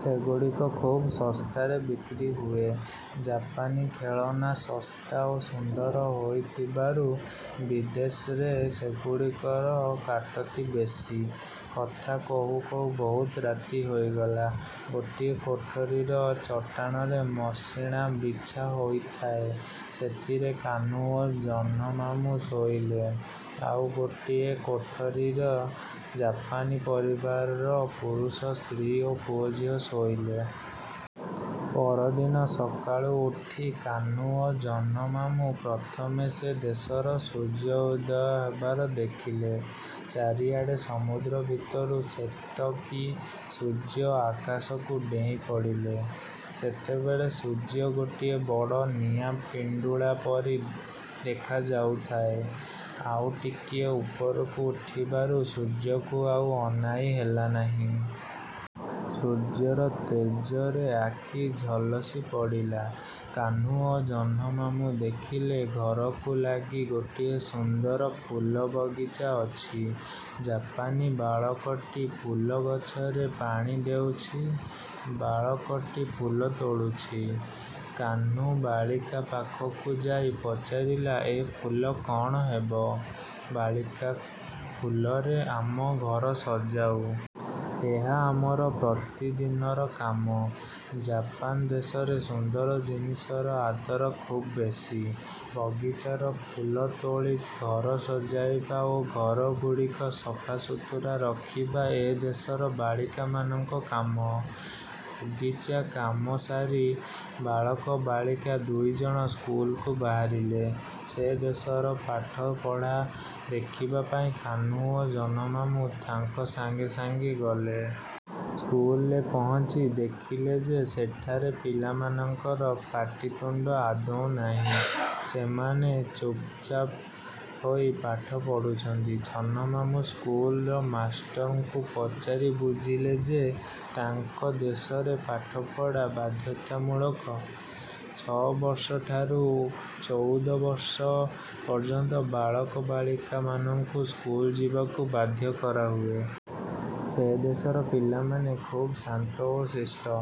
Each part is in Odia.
ସେଗୁଡ଼ିକ ଖୁବ୍ ଶସ୍ତାରେ ବିକ୍ରି ହୁଏ। ଜାପାନୀ ଖେଳନା ଶସ୍ତା ଓ ସୁନ୍ଦର ହୋଇଥିବାରୁ ବିଦେଶରେ ସେଗୁଡ଼ିକର କାଟତି ବେଶି। କଥା କହୁ କହୁ ବହୁତ ରାତି ହେଇଗଲା। ଗୋଟିଏ କୋଠରିର ଚଟାଣରେ ମସିଣା ବିଛା ହୋଇଥାଏ। ସେଥିରେ କାହ୍ନୁ ଓ ଜହ୍ନମାମୁଁ ଶୋଇଲେ। ଆଉ ଗୋଟିଏ କୋଠରିରେ ଜାପାନୀ ପରିବାରର ପୁରୁଷ, ସ୍ତ୍ରୀ ଓ ପୁଅଝିଅ ଶୋଇଲେ। ପରଦିନ ସକାଳୁ ଉଠି କାହ୍ନୁ ଓ ଜହ୍ନମାମୁଁ ପ୍ରଥମେ ସେ ଦେଶର ସୂର୍ଯ୍ୟ ଉଦୟ ହେବାର ଦେଖିଲେ। ଚାରିଆଡ଼େ ସମୁଦ୍ର ଭିତରୁ ସତେକି ସୂର୍ଯ୍ୟ ଆକାଶକୁ ଡେଇଁ ପଡ଼ିଲେ! ସେତେବେଳେ ସୂର୍ଯ୍ୟଗୋଟିଏ ବଡ଼ ନିଆଁ ପେଣ୍ଡୁଳା ପରି ଦେଖାଯାଉଥାଏ। ଆଉ ଟିକିଏ ଉପରକୁ ଉଠିବାରୁ ସୂର୍ଯ୍ୟକୁ ଆଉ ଅନାଇ ହେଲା ନାହିଁ। ସୂର୍ଯ୍ୟର ତେଜରେ ଆଖି ଝଲସି ପଡ଼ିଲା। କାହ୍ନୁ ଓ ଜହ୍ନମାମୁଁ ଦେଖିଲେ ଘରକୁ ଲାଗି ଗୋଟିଏ ସୁନ୍ଦର ଫୁଲବଗିଚା ଅଛି। ଜାପାନୀ ବାଳକଟି ଫୁଲଗଛରେ ପାଣି ଦେଉଛି, ବାଳକଟି ଫୁଲ ତୋଳୁଛି। କାହ୍ନୁ ବାଳିକା ପାଖକୁ ଯାଇ ପଚାରିଲା-ଏ ଫୁଲ କ'ଣ ହେବ? ବାଳିକା-ଫୁଲରେ ଆମେ ଘର ସଜାଉ। ଏହା ଆମର ପ୍ରତିଦିନର କାମ। ଜାପାନ ଦେଶରେ ସୁନ୍ଦର ଜିନିଷର ଆଦର ଖୁବ୍ ବେଶି। ବଗିଚାର ଫୁଲ ତୋଳି ଘର ସଜାଇବା ଓ ଘରଗୁଡ଼ିକ ସଫାସୁତୁରା ରଖିବା ଏ ଦେଶର ବାଳିକାମାନଙ୍କ କାମ। ବଗିଚା କାମ ସାରି ବାଳକ ବାଳିକା ଦୁଇଜଣ ସ୍କୁଲକୁ ବାହାରିଲେ। ସେ ଦେଶର ପାଠପଢ଼ା ଦେଖିବା ପାଇଁ କାହ୍ନୁ ଓ ଜହ୍ନମାମୁଁ ତାଙ୍କ ସାଙ୍ଗେ ସାଙ୍ଗେ ଗଲେ। ସ୍କୁଲରେ ପହଞ୍ଚି ଦେଖିଲେ ଯେ ସେଠାରେ ପିଲାମାନଙ୍କର ପାଟିତୁଣ୍ଡ ଆଦୌ ନାହିଁ। ସେମାନେ ଚୁପ୍ଚାପ୍ ହୋଇ ପାଠ ପଢ଼ୁଛନ୍ତି। ଜହ୍ନମାମୁଁ ସ୍କୁଲର ମାଷ୍ଟରଙ୍କୁ ପଚାରି ବୁଝିଲେ ଯେ, ତାଙ୍କ ଦେଶରେ ପାଠପଢ଼ା ବାଧ୍ୟତାମୂଳକ। ଛ'ବର୍ଷଠାରୁ ଚଉଦ ବର୍ଷ ପର୍ଯ୍ୟନ୍ତ ବାଳକ ବାଲିକାମାନଙ୍କୁ ସ୍କୁଲ ଯିବାକୁ ବାଧ୍ୟ କରାହୁଏ। ସେ ଦେଶର ପିଲାମାନେ ଖୁବ୍ ଶାନ୍ତ ଓ ଶିଷ୍ଟ।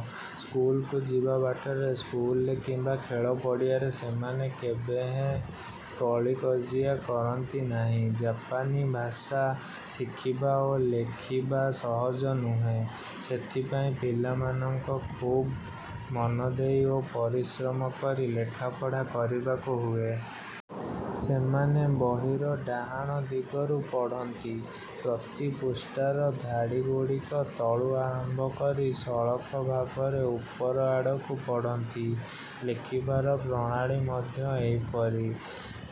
ସ୍କୁଲକୁ ଯିବା ବାଟରେ, ସ୍କୁଲରେ କିମ୍ବା ଖେଳପଡ଼ିଆରେ ସେମାନେ କେବେହେଁ କଳିକଜିଆ କରନ୍ତି ନାହିଁ। ଜାପାନୀ ଭାଷା ଶିଖିବା ଓ ଲେଖିବା ସହଜ ନୁହେଁ। ସେଥିପାଇଁ ପିଲାମାନଙ୍କ ଖୁବ୍ ମନଦେଇ ଓ ପରିଶ୍ରମ କରି ଲେଖାପଢ଼ା କରିବାକୁ ହୁଏ। ସେମାନେ ବହିର ଡାହାଣ ଦିଗରୁ ପଢ଼ନ୍ତି। ପ୍ରତି ପୃଷ୍ଠାର ଧାଡ଼ିଗୁଡ଼ିକ ତଳୁ ଆରମ୍ଭ କରି ସଳଖ ଭାବରେ ଉପର ଆଡ଼କୁ ପଢ଼ନ୍ତି। ଲେଖିବାର ପ୍ରଣାଳୀ ମଧ୍ୟ ଏହିପରି।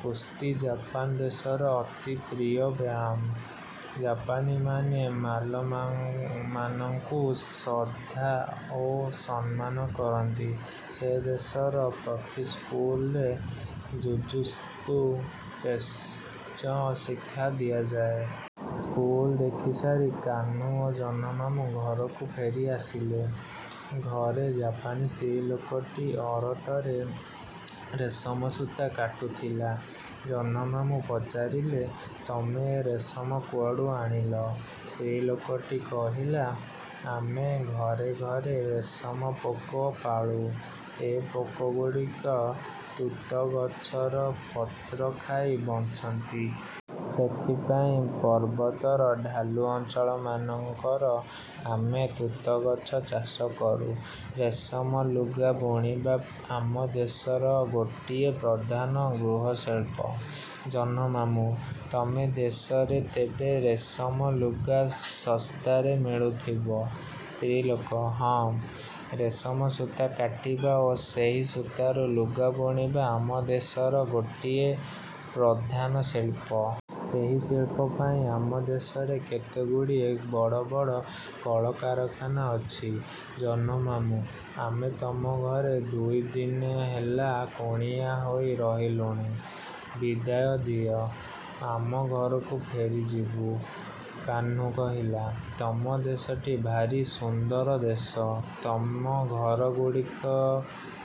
କୁସ୍ତି ଜାପାନ ଦେଶର ଅତି ପ୍ରିୟ ବ୍ୟାୟାମ। ଜାପାନୀମାନେ ମାଲମାନଙ୍କୁ ଶ୍ରଦ୍ଧା ଓ ସମ୍ମାନ କରନ୍ତି। ସେ ଦେଶର ପ୍ରତି ସ୍କୁଲରେ ଯୁଯୁତ୍ସୁ ପେଞ୍ଚ ଶିକ୍ଷା ଦିଆଯାଏ। ସ୍କୁଲ ଦେଖିସାରି କାହ୍ନୁ ଓ ଜହ୍ନମାମୁଁ ଘରକୁ ଫେରି ଆସିଲେ। ଘରେ ଜାପାନୀ ସ୍ତ୍ରୀଲୋକଟି ଅରଟରେ ରେଶମ ସୂତା କାଟୁଥିଲା। ଜହ୍ନମାମୁଁ ପଚାରିଲେ-ତମେ ଏ ରେଶମ କୁଆଡ଼ୁ ଆଣିଲ? ସ୍ତ୍ରୀଲୋକଟି କହିଲା-ଆମେ ଘରେ ଘରେ ରେଶମ ପୋକ ପାଳୁ। ଏ ପୋକଗୁଡ଼ିକ ତୁତଗଛର ପତ୍ର ଖାଇ ବଞ୍ଚନ୍ତି। ସେଥିପାଇଁ ପର୍ବତର ଢାଲୁ ଅଞ୍ଚଳମାନଙ୍କର ଆମେ ତୁତଗଛ ଚାଷ କରୁ। ରେଶମ ଲୁଗା ବୁଣିବା ଆମ ଦେଶର ଗୋଟିଏ ପ୍ରଧାନ ଗୃହଶିଳ୍ପ। ଜହ୍ନମାମୁଁ-ତମ ଦେଶରେ ତେବେ ରେଶମ ଲୁଗା ଶସ୍ତାରେ ମିଳୁଥିବ? ସ୍ତ୍ରୀଲୋକ-ହଁ, ରେଶମ ସୂତା କାଟିବା ଓ ସେହି ସୂତାରୁ ଲୁଗା ବୁଣିବା ଆମ ଦେଶର ଗୋଟିଏ ପ୍ରଧାନ ଶିଳ୍ପ। ଏହି ଶିଳ୍ପ ପାଇଁ ଆମ ଦେଶରେ କେତେଗୁଡ଼ିଏ ବଡ଼ ବଡ଼ କଳକାରଖାନା ଅଛି। ଜହ୍ନମାମୁଁ-ଆମେ ତମ ଘରେ ଦୁଇଦିନେ ହେଲା କୁଣିଆ ହୋଇ ରହିଲୁଣି। ବିଦାୟ ଦିଅ, ଆମେ ଘରକୁ ଫେରିଯିବୁ। କାହ୍ନୁ କହିଲା-ତମ ଦେଶଟି ଭାରି ସୁନ୍ଦର ଦେଶ। ତମ ଘରଗୁଡ଼ିକ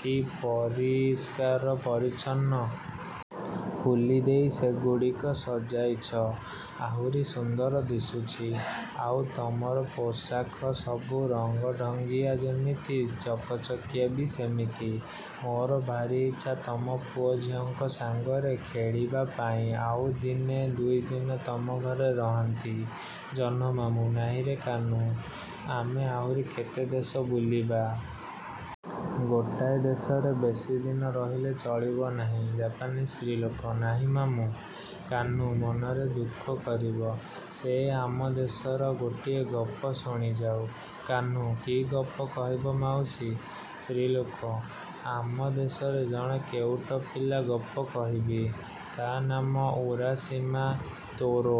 କି ପରିଷ୍କାର ପରିଚ୍ଛନ୍ନ! ଫୁଲିଦେଇ ସେଗୁଡ଼ିକ ସଜାଇଛ-ଆହୁରି ସୁନ୍ଦର ଦିଶୁଛି। ଆଉ ତମର ପୋଷାକ ସବୁ ରଙ୍ଗଢଙ୍ଗିଆ ଯେମିତି, ଚକଚକିଆ ବି ସେମିତି। ମୋର ଭାରି ଇଚ୍ଛା, ତମ ପୁଅ ଝିଅଙ୍କ ସାଙ୍ଗରେ ଖେଳିବା ପାଇଁ ଆଉ ଦିନେ ଦୁଇଦିନ ତମ ଘରେ ରହନ୍ତି। ଜହ୍ନମାମୁଁ-ନାହିଁରେ କାହ୍ନୁ! ଆମେ ଆହୁରି କେତେ ଦେଶ ବୁଲିବା। ଗୋଟାଏ ଦେଶରେ ବେଶୀ ଦିନ ରହିଲେ ଚଳିବ ନାହିଁ। ଜାପାନୀ ସ୍ତ୍ରୀଲୋକ-ନାହିଁ ମାମୁଁ! କାହ୍ନୁ ମନରେ ଦୁଃଖ କରିବ। ସେ ଆମ ଦେଶର ଗୋଟିଏ ଗପ ଶୁଣିଯାଉ। କାହ୍ନୁ-କି ଗପ କହିବ ମାଉସୀ? ସ୍ତ୍ରୀଲୋକ-ଆମ ଦେଶର ଜଣେ କେଉଟ ପିଲା ଗପ କହିବି। ତା' ନାମ ଉରାଶିମା ତାରୋ।